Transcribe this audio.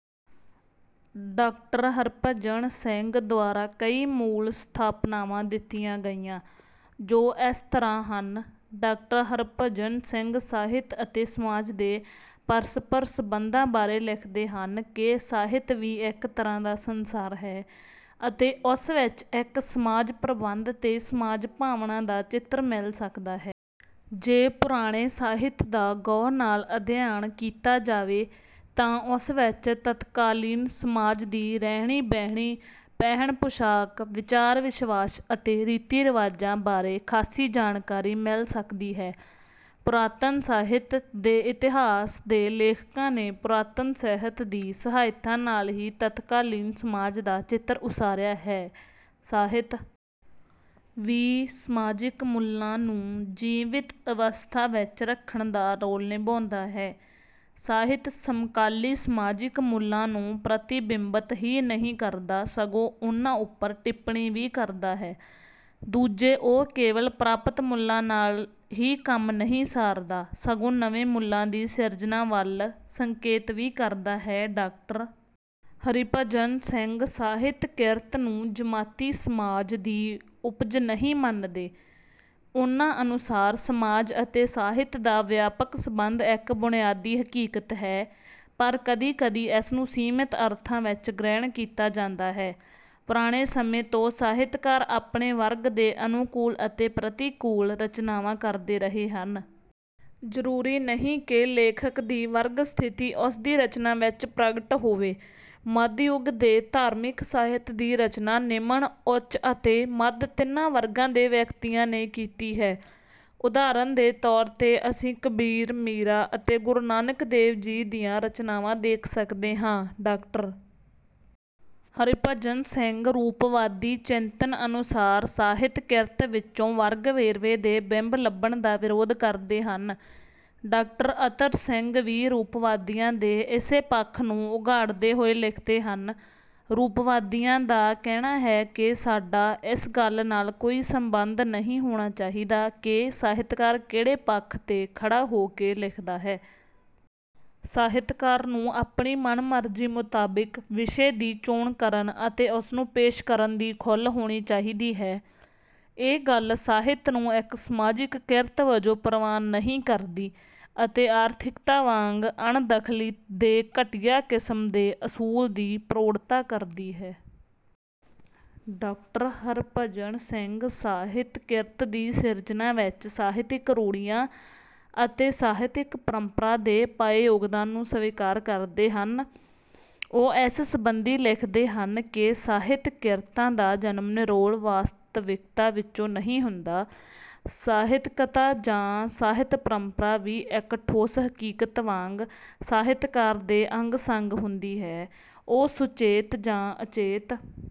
Doctor Harbhajan Singh ਦੁਆਰਾ ਕਈ ਮੂਲ ਸਥਾਪਨਾਵਾਂ ਦਿੱਤੀਆਂ ਗਈਆਂ, ਜੋ ਇਸ ਤਰ੍ਹਾਂ ਹਨ ਡਾਕਟਰ ਹਰਿਭਜਨ ਸਿੰਘ ਸਾਹਿਤ ਅਤੇ ਸਮਾਜ ਦੇ ਪਰਸਪਰ ਸੰਬੰਧਾਂ ਬਾਰੇ ਲਿਖਦੇ ਹਨ ਕਿ ਸਾਹਿਤ ਵੀ ਇੱਕ ਤਰ੍ਹਾਂ ਦਾ ਸੰਸਾਰ ਹੈ ਅਤੇ ਉਸ ਵਿੱਚ ਵੀ ਇੱਕ ਸਮਾਜ-ਪ੍ਰਬੰਧ ਤੇ ਸਮਾਜ-ਭਾਵਨਾ ਦਾ ਚਿੱਤਰ ਮਿਲ ਸਕਦਾ ਹੈ। ਜੇ ਪੁਰਾਣੇ ਸਾਹਿਤ ਦਾ ਗਹੁ ਨਾਲ ਅਧਿਐਨ ਕੀਤਾ ਜਾਵੇ ਤਾਂ ਉਸ ਵਿੱਚ ਤਤਕਾਲੀਨ ਸਮਾਜ ਦੀ ਰਹਿਣੀ-ਬਹਿਣੀ, ਪਹਿਨ-ਪੁਸ਼ਾਕ, ਵਿਚਾਰ-ਵਿਸ਼ਵਾਸ ਅਤੇ ਰੀਤੀ-ਰਿਵਾਜਾਂ ਬਾਰੇ ਖਾਸੀ ਜਾਣਕਾਰੀ ਮਿਲ ਸਕਦੀ ਹੈ। ਪੁਰਾਤਨ ਸਾਹਿਤ ਦੇ ਇਤਿਹਾਸ ਦੇ ਲੇਖਕਾਂ ਨੇ ਪੁਰਾਤਨ ਸਾਹਿਤ ਦੀ ਸਹਾਇਤਾ ਨਾਲ ਹੀ ਤਤਕਾਲੀਨ ਸਮਾਜ ਦਾ ਚਿੱਤਰ ਉਸਾਰਿਆ ਹੈ। ਸਾਹਿਤ ਵੀ ਸਮਾਜਿਕ ਮੁੱਲਾਂ ਨੂੰ ਜੀਵੰਤ ਅਵਸਥਾ ਵਿੱਚ ਰੱਖਣ ਦਾ ਰੋਲ ਨਿਭਾਉਂਦਾ ਹੈ। ਸਾਹਿਤ ਸਮਕਾਲੀ ਸਮਾਜਿਕ ਮੁੱਲਾਂ ਨੂੰ ਪ੍ਰਤੀਬਿੰਬਤ ਹੀ ਨਹੀਂ ਕਰਦਾ, ਸਗੋਂ ਉਨ੍ਹਾਂ ਉੱਪਰ ਟਿੱਪਣੀ ਵੀ ਕਰਦਾ ਹੈ। ਦੂਜੇ, ਉਹ ਕੇਵਲ ਪ੍ਰਾਪਤ ਮੁੱਲਾਂ ਨਾਲ ਹੀ ਕੰਮ ਨਹੀਂ ਸਾਰਦਾ, ਸਗੋਂ ਨਵੇਂ ਮੁੱਲਾਂ ਦੀ ਸਿਰਜਣਾ ਵੱਲ ਸੰਕੇਤ ਵੀ ਕਰਦਾ ਹੈ। ਡਾਕਟਰ ਹਰਿਭਜਨ ਸਿੰਘ ਸਾਹਿਤ-ਕਿਰਤ ਨੂੰ ਜਮਾਤੀ ਸਮਾਜ ਦੀ ਉਪਜ ਨਹੀਂ ਮੰਨਦੇ। ਉਨ੍ਹਾਂ ਅਨੁਸਾਰ ਸਮਾਜ ਅਤੇ ਸਾਹਿਤ ਦਾ ਵਿਆਪਕ ਸੰਬੰਧ ਇੱਕ ਬੁਨਿਆਦੀ ਹਕੀਕਤ ਹੈ, ਪਰ ਕਦੀ-ਕਦੀ ਇਸਨੂੰ ਸੀਮਿਤ ਅਰਥਾਂ ਵਿੱਚ ਗ੍ਰਹਿਣ ਕੀਤਾ ਜਾਂਦਾ ਹੈ। ਪੁਰਾਣੇ ਸਮੇਂ ਤੋਂ ਸਾਹਿਤਕਾਰ ਆਪਣੇ ਵਰਗ ਦੇ ਅਨੁਕੂਲ ਅਤੇ ਪ੍ਰਤਿਕੂਲ ਰਚਨਾਵਾਂ ਕਰਦੇ ਰਹੇ ਹਨ। ਜ਼ਰੂਰੀ ਨਹੀਂ ਕਿ ਲੇਖਕ ਦੀ ਵਰਗ-ਸਥਿਤੀ ਉਸਦੀ ਰਚਨਾ ਵਿੱਚ ਪ੍ਰਗਟ ਹੋਵੇ। ਮੱਧਯੁਗ ਦੇ ਧਾਰਮਿਕ ਸਾਹਿਤ ਦੀ ਰਚਨਾ ਨਿਮਨ, ਉੱਚ ਅਤੇ ਮੱਧ ਤਿੰਨਾਂ ਵਰਗਾਂ ਦੇ ਵਿਅਕਤੀਆਂ ਨੇ ਕੀਤੀ ਹੈ। ਉਦਾਹਰਨ ਦੇ ਤੌਰ ’ਤੇ ਅਸੀਂ ਕਬੀਰ, ਮੀਰਾ ਅਤੇ ਗੁਰੂ ਨਾਨਕ ਦੇਵ ਜੀ ਦੀਆਂ ਰਚਨਾਵਾਂ ਦੇਖ ਸਕਦੇ ਹਾਂ। ਡਾਕਟਰ ਹਰਿਭਜਨ ਸਿੰਘ ਰੂਪਵਾਦੀ ਚਿੰਤਨ ਅਨੁਸਾਰ ਸਾਹਿਤ-ਕਿਰਤ ਵਿੱਚੋਂ ਵਰਗ-ਵੇਰਵੇ ਦੇ ਬਿੰਬ ਲੱਭਣ ਦਾ ਵਿਰੋਧ ਕਰਦੇ ਹਨ। ਡਾਕਟਰ ਅਤਰ ਸਿੰਘ ਵੀ ਰੂਪਵਾਦੀਆਂ ਦੇ ਇਸੇ ਪੱਖ ਨੂੰ ਉਘਾੜਦੇ ਹੋਏ ਲਿਖਦੇ ਹਨ “ਰੂਪਵਾਦੀਆਂ ਦਾ ਕਹਿਣਾ ਹੈ ਕਿ ਸਾਡਾ ਇਸ ਗੱਲ ਨਾਲ ਕੋਈ ਸਬੰਧ ਨਹੀਂ ਹੋਣਾ ਚਾਹੀਦਾ ਕਿ ਸਾਹਿਤਕਾਰ ਕਿਹੜੇ ਪੱਖ ’ਤੇ ਖੜ੍ਹਾ ਹੋ ਕੇ ਲਿਖਦਾ ਹੈ। ਸਾਹਿਤਕਾਰ ਨੂੰ ਆਪਣੀ ਮਨ-ਮਰਜ਼ੀ ਮੁਤਾਬਿਕ ਵਿਸ਼ੇ ਦੀ ਚੋਣ ਕਰਨ ਅਤੇ ਉਸਨੂੰ ਪੇਸ਼ ਕਰਨ ਦੀ ਖੁੱਲ੍ਹ ਹੋਣੀ ਚਾਹੀਦੀ ਹੈ।”ਇਹ ਗੱਲ ਸਾਹਿਤ ਨੂੰ ਇੱਕ ਸਮਾਜਿਕ ਕਿਰਤ ਵਜੋਂ ਪ੍ਰਵਾਨ ਨਹੀਂ ਕਰਦੀ ਅਤੇ ਆਰਥਿਕਤਾ ਵਾਂਗ ਅਣਦਖਲੀ ਦੇ ਘਟੀਆ ਕਿਸਮ ਦੇ ਅਸੂਲ ਦੀ ਪ੍ਰੋੜਤਾ ਕਰਦੀ ਹੈ। ਡਾਕਟਰ ਹਰਿਭਜਨ ਸਿੰਘ ਸਾਹਿਤ-ਕਿਰਤ ਦੀ ਸਿਰਜਣਾ ਵਿੱਚ ਸਾਹਿਤਕ ਰੂੜ੍ਹੀਆਂ ਅਤੇ ਸਾਹਿਤਕ-ਪਰੰਪਰਾ ਦੇ ਪਾਏ ਯੋਗਦਾਨ ਨੂੰ ਸਵੀਕਾਰ ਕਰਦੇ ਹਨ। ਉਹ ਇਸ ਸਬੰਧੀ ਲਿਖਦੇ ਹਨ ਕਿ ਸਾਹਿਤ-ਕਿਰਤਾਂ ਦਾ ਜਨਮ ਨਿਰੋਲ ਵਾਸਤਵਿਕਤਾ ਵਿੱਚੋਂ ਨਹੀਂ ਹੁੰਦਾ। ‘ਸਾਹਿਤਕਤਾ’ ਜਾਂ ‘ਸਾਹਿਤ-ਪਰੰਪਰਾ’ ਵੀ ਇੱਕ ਠੋਸ ਹਕੀਕਤ ਵਾਂਗ ਸਾਹਿਤਕਾਰ ਦੇ ਅੰਗ-ਸੰਗ ਹੁੰਦੀ ਹੈ। ਉਹ ਸੁਚੇਤ ਜਾਂ ਅਚੇਤ…